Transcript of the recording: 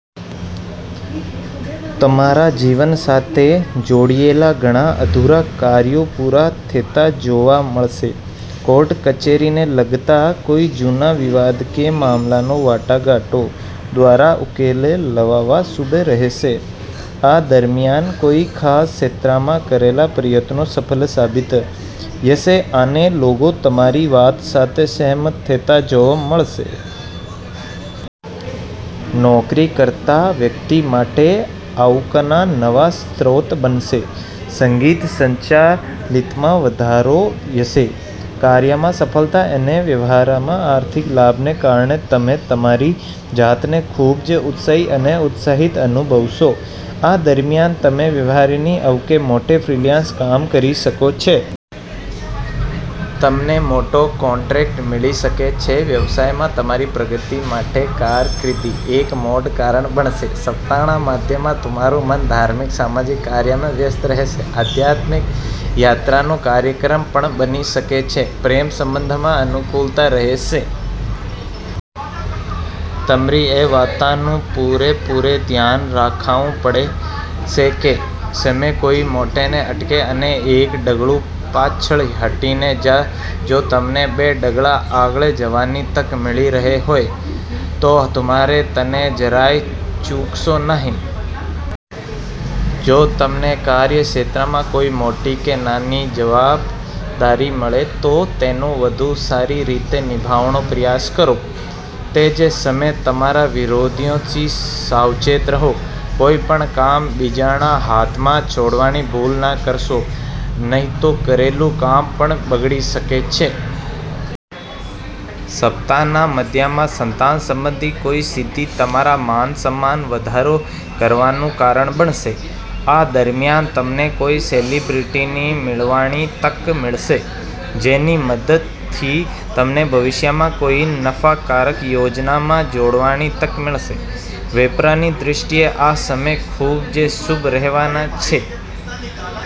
તમારા જીવન સાથે જોડાયેલા ઘણા અધૂરા કાર્યો પૂરા થતા જોવા મળશે. કોર્ટ-કચેરીને લગતા કોઈ જૂના વિવાદ કે મામલાનો વાટાઘાટો દ્વારા ઉકેલ લાવવા શુભ રહેશે. આ દરમિયાન કોઈ ખાસ ક્ષેત્રમાં કરેલા પ્રયત્નો સફળ સાબિત થશે અને લોકો તમારી વાત સાથે સહમત થતા જોવા મળશે. નોકરી કરતા વ્યક્તિ માટે આવકના નવા સ્ત્રોત બનશે. સંચિત સંપત્તિમાં વધારો થશે. કાર્યમાં સફળતા અને વ્યવસાયમાં આર્થિક લાભને કારણે તમે તમારી જાતને ખૂબ જ ઉત્સાહી અને ઉત્સાહી જણાશો. આ દરમિયાન, તમે વધારાની આવક માટે ફ્રીલાન્સ કામ કરી શકો છો. તમને મોટો કોન્ટ્રાક્ટ મળી શકે છે. વ્યવસાયમાં તમારી પ્રગતિ માટે કારકિર્દી એક મોટું કારણ બનશે. સપ્તાહના મધ્યમાં તમારું મન ધાર્મિક-સામાજિક કાર્યોમાં વ્યસ્ત રહેશે. અચાનક ધાર્મિક યાત્રાનો કાર્યક્રમ પણ બની શકે છે. પ્રેમ સંબંધમાં અનુકૂળતા રહેશે. તમારે એ વાતનું પૂરેપૂરું ધ્યાન રાખવું પડશે કે સમય કોઈ માટે ન અટકે અને એક ડગલું પાછળ હટીને જો તમને બે ડગલાં આગળ જવાની તક મળી રહી હોય તો તમારે તેને જરાય ચૂકશો નહીં. જો તમને કાર્યક્ષેત્રમાં કોઈ મોટી કે નાની જવાબદારી મળે તો તેને વધુ સારી રીતે નિભાવવાનો પ્રયાસ કરો. તે જ સમયે, તમારા વિરોધીઓથી સાવચેત રહો. કોઈ પણ કામ બીજાના હાથમાં છોડવાની ભૂલ ન કરો, નહીં તો કરેલું કામ પણ બગડી શકે છે. સપ્તાહના મધ્યમાં સંતાન સંબંધિત કોઈ સિદ્ધિ તમારા માન-સન્માનમાં વધારો કરવાનું કારણ બનશે. આ દરમિયાન, તમને કોઈ સેલિબ્રિટીને મળવાની તક મળશે, જેની મદદથી તમને ભવિષ્યમાં કોઈ નફાકારક યોજનામાં જોડાવાની તક મળશે. વેપારની દૃષ્ટિએ આ સમય ખૂબ જ શુભ રહેવાનો છે.